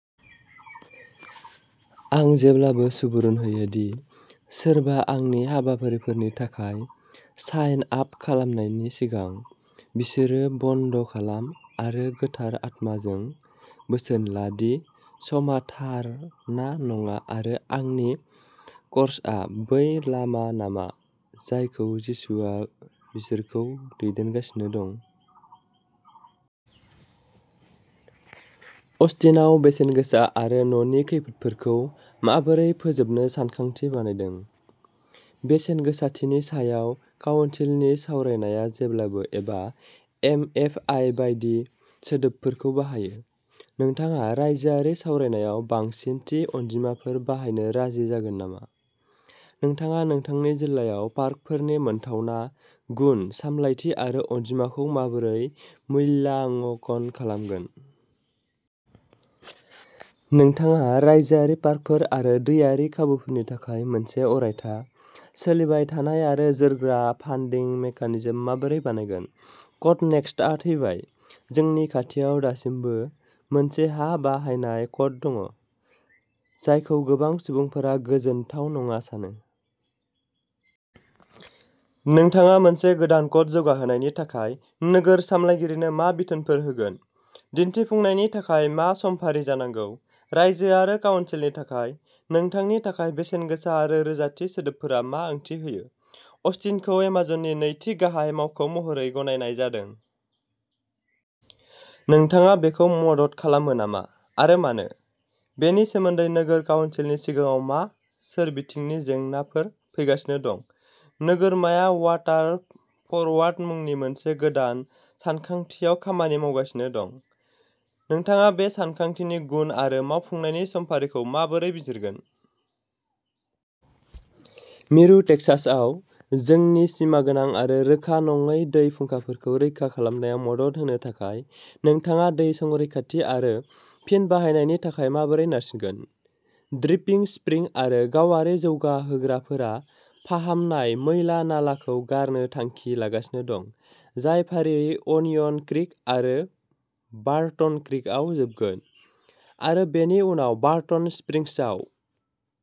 आं जेब्लाबो सुबुरुन होयो दि सोरबा आंनि हाबाफारिफोरनि थाखाय साइन आप खालामनायनि सिगां, बिसोरो बन्द'खालाम आरो गोथार आत्माजों बोसोन ला दि समआ थार ना नङा आरो आंनि कर्सआ बै लामा नामा जायखौ जिसुआ बिसोरखौ दैदेनगासिनो दं। अस्टिनआव बेसेनगोसा आरो न'नि खैफोदफोरखौ माबोरै फोजोबनो सानथांखि बानायदों? बेसेनगोसाथिनि सायाव काउनसिलनि सावरायनाया जेब्लाबो एबा एमएफआइ बायदि सोदोबफोरखौ बाहायो। नोंथाङा रायजोआरि सावरायनायाव बांसिन थि अनजिमाफोर बाहायनो राजि जागोन नामा? नोंथाङा नोंथांनि जिल्लायाव पार्कफोरनि मोनथावना, गुन, सामलायथि आरो अनजिमाखौ माबोरै मूल्याङ्कन खालामगोन? नोंथाङा रायजोआरि पार्कफोर आरो दैआरि खाबुफोरनि थाखाय मोनसे अरायथा, सोलिबाय थानाय आरो जोरग्रा फान्डिं मेकानिजम माबोरै बानायगोन? क'ड नेक्सटआ थैबाय। जोंनि खाथियाव दासिमबो मोनसे हा बाहायनाय क'ड दं जायखौ गोबां सुबुंफोरा गोजोनथाव नङा सानो। नोंथाङा मोनसे गोदान क'ड जौगाहोनायनि थाखाय नोगोर सामलायगिरिनो मा बिथोनफोर होगोन? दिन्थिफुंनायनि थाखाय मा समफारि जानांगौ? राइजो आरो काउनसिलनि थाखाय? नोंथांनि थाखाय बेसेनगोसा आरो रोजाथि सोदोबफोरा मा ओंथि होयो? अस्टिनखौ एमेजननि नैथि गाहाय मावख'महरै गनायनाय जादों। नोंथाङा बेखौ मदद खालामो नामा, आरो मानो? बेनि सोमोनदै नोगोर काउनसिलनि सिगाङाव मा सोरबिथिंनि जेंनाफोर फैगासिनो दं? नोगोरमाया वाटार फरवार्ड मुंनि मोनसे गोदान सानथांखिआव खामानि मावगासिनो दं। नोंथाङा बे सानथांखिनि गुन आरो मावफुंनायनि समफारिखौ माबोरै बिजिरगोन? मिरु टेक्सासआव जोंनि सिमागोनां आरो रोखा नङै दै फुंखाफोरखौ रैखा खालामनायाव मदद होनो थाखाय नोंथाङा दै संरैखाथि आरो फिन बाहायनायनि थाखाय माबोरै नारसिनगोन? ड्रिपिं स्प्रिं आरो गावारि जौगाहोग्राफोरा फाहामनाय मैला-नालाखौ गारनो थांखि लागासिनो दं, जाय फारियै अनियन क्रिक आरो बार्टन क्रिकआव जोबगोन, आरो बेनि उनाव बार्टन स्प्रिंसाव।